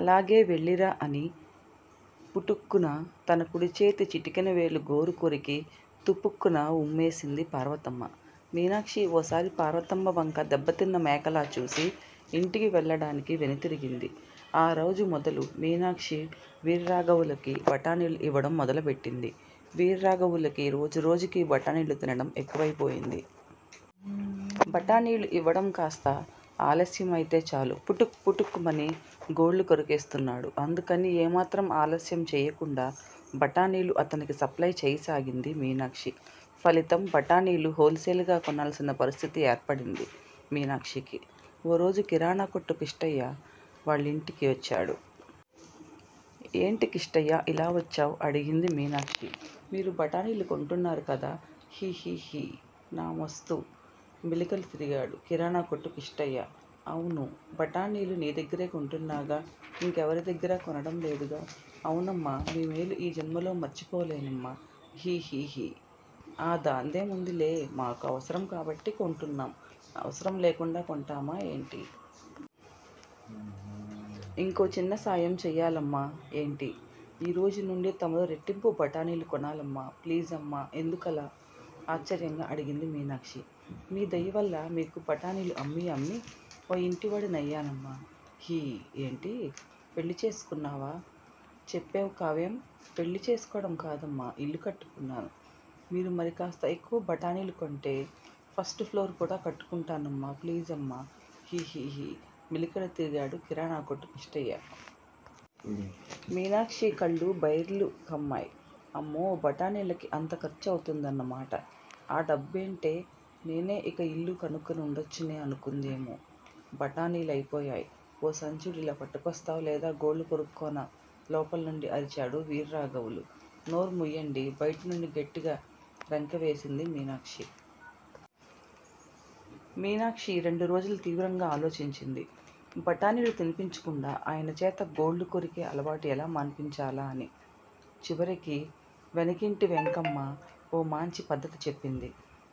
అలాగే వెళ్లిరా అని పుటుక్కున తన కుడిచేతి చిటికెనవేలు గోరు కొరికి తుపుక్కున ఉమ్మేసింది పార్వతమ్మ. మీనాక్షి ఓసారి పార్వతమ్మ వంక దెబ్బతిన్న మేకలా చూసి ఇంటికి వెళ్లడానికి వెనుతిరిగింది. ఆరోజు మొదలు మీనాక్షి వీర్రాఘవులకి బఠాణీలు ఇవ్వడం మొదలు బెట్టింది. వీర్రాఘవులకి రోజు రోజుకీ బఠాణీలు తినడం ఎక్కువైపోయింది. బఠాణీలు ఇవ్వడం కాస్త ఆలస్యం అయితే చాలు పుటుక్ పుటుక్ మని గోళ్లు కొరికేస్తున్నాడు. అందుకని ఏ మాత్రం ఆలస్యం చెయ్యకుండా బఠాణీలు అతనికి సప్లయి చేయసాగింది మీనాక్షి. ఫలితం బఠాణీలు హోల్ సేల్ గా కొనాల్సిన పరిస్థితి ఏర్పడింది మీనాక్షికి. ఓరోజు కిరాణా కొట్టు కిష్టయ్య వాళ్లింటికి వచ్చాడు. ఏంటి కిష్టయ్యా ఇలా వచ్చావ్? అడిగింది మీనాక్షి. మీరు బఠాణీలు కొంటున్నారుకదా హి హిహి నామస్తూ మెలికలు తిరిగాడు కిరాణా కొట్టు కిష్టయ్య. అవునూ బఠాణీలు నీ దగ్గరే కొంటున్నాగా ఇంకెవరిదగ్గరా కొనడంలేదుగా అవునమ్మా మీ మేలు ఈ జన్మలో మర్చిపోలేనమ్మా హి హిహి ఆ దాందేముందిలే మాకు అవసరం కాబట్టి కొంటున్నాం అవసరం లేకుండా కొంటామా ఏంటీ? ఇంకో చిన్న సాయం చెయ్యాలమ్మా ఏంటి? ఈ రోజు నుండి తమరు రెట్టింపు బఠాణీలు కొనాలమ్మా ప్లీజమ్మా ఎందుకలా? ఆశ్చర్యంగా అడిగింది మీనాక్షి. మీ దయవల్ల మీకు బఠాణీలు అమ్మీ అమ్మీ ఓ ఇంటివాడినయ్యానమ్మా హి ఏంటీ? పెళ్లి చేసుకున్నావా? చెప్పేవుకావేం? పెళ్లి చేస్కోడం కాదమ్మా ఇల్లు కట్టుకున్నాను మీరు మరికాస్త ఎక్కువ బఠాణీలు కొంటే ఫస్టుప్లోరు కూడా కట్టుకుంటానమ్మా ప్లీజమ్మా హి హిహి మెలికలు తిరిగాడు కిరాణా కొట్టు కిష్టయ్య. మీనాక్షి కళ్లు బైర్లు కమ్మాయ్ అమ్మో బఠాణీలకి అంత ఖర్చు అవుతుందన్నమాట! ఆ డబ్బుంటే నేనే ఇక ఇల్లు కనుక్కుని ఉండొచ్చునే!! అనుకుంది. ఏమే బఠాణీలయిపోయాయ్ ఓ సంచుడు ఇలా పట్టుకొస్తావ్? లేదా గోళ్లు కొరుక్కోనా? లోపల్నుండి అరిచాడు వీర్రాఘవులు. నోర్ముయ్యండి బయటినుండి గట్టిగా రంకె వేసింది మీనాక్షి. మీనాక్షి రెండురోజులు తీవ్రంగా ఆలోచించింది బఠాణీలు తినిపించకుండా ఆయనచేత గోళ్లు కొరికే అలవాటు ఎలా మాన్పించాలా -అని! చివరికి వెనకింటి వెంకమ్మ ఓ మాంఛి పద్దతి చెప్పింది.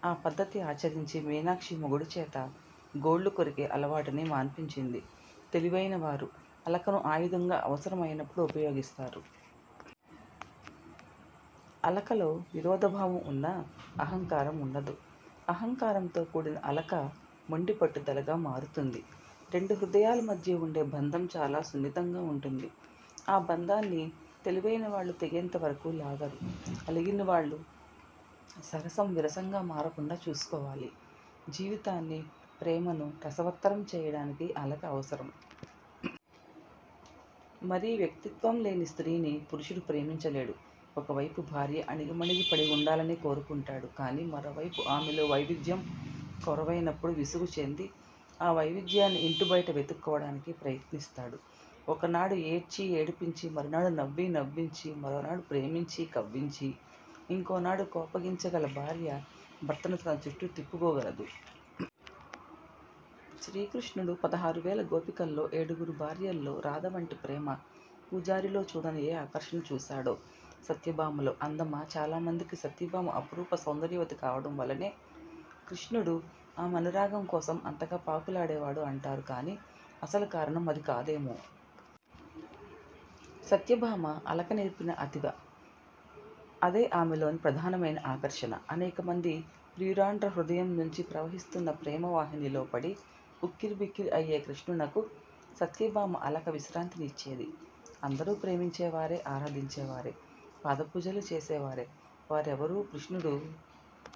ఆ పద్దతి ఆచరించి మీనాక్షి మొగుడిచేత గోళ్లు కొరికే అలవాటుని మాన్పించింది. తెలివైన వారు అలకను ఆయుధంగా అవసరం అయినప్పుడు ఉపయోగిస్తారు. అలకలో విరోధ భావం ఉన్నా, అహంకారం ఉండదు. అహంకారంతో కూడిన అలక మొండి పట్టుదలగా మారుతుంది. రెండు హృదయాల మధ్య ఉండే బంధం చాలా సున్నితంగా ఉంటుంది. ఆ బంధాన్ని తెలివైన వాళ్లు తెగేంతవరకూ లాగరు. అలిగిన వాళ్లు సరసం విరసంగా మారకుండా చూసుకోవాలి. జీవితాన్ని, ప్రేమనూ రసవత్తరం చెయ్యడానికి అలక అవసరం. మరీ వ్యక్తిత్వం లేని స్త్రీని పురుషుడు ప్రేమించలేడు. ఒకవైపు భార్య అణిగిమణిగి పడి ఉండాలనే కోరుకుంటాడు. కాని, మరోవైపు ఆమెలో వైవిధ్యం కొరవైనప్పుడు విసుగు చెంది, ఆ వైవిధ్యాన్ని ఇంటి బయట వెతుక్కోవడానికి ప్రయత్నిస్తాడు. ఒకనాడు ఏడ్చీ, ఏడిపించి, మరునాడు నవ్వి, నవ్వించి, మరోనాడు ప్రేమించి, కవ్వించి, ఇంకోనాడు కోపగించగల భార్య భర్తను తనచుట్టూ తిప్పుకోగలదు. శ్రీ కృష్ణుడు పదహారువేల గోపికల్లో, ఏడుగురు భార్యల్లో, రాధ వంటి ప్రేమ పూజారిలో చూడని ఏ ఆకర్షణ చూశాడో సత్యభామలో? అందమా? చాలా మందికి సత్యభామ అపురూప సౌందర్యవతి కావడంవల్లనే కృష్ణుడు ఆమె అనురాగంకోసం అంతగా పాకులాడేవాడు అంటారు కాని, అసలు కారణం అది కాదేమో? సత్యభామ అలకనేర్చిన అతిద. అదే ఆమెలోని ప్రధానమైన ఆకర్షణ. అనేకమంది ప్రియురాండ్ర హృదయం నుంచి ప్రవహిస్తున్న ప్రేమవాహినిలో పడి ఉక్కిరిబిక్కిరి అయ్యే కృష్ణునకు సత్యభామ అలక విశ్రాంతిని ఇచ్చేది అందరూ ప్రేమించేవారే, ఆరాధించేవారే. పాదపూజలు చేసేవారే. వారెవరూ కృష్ణుడు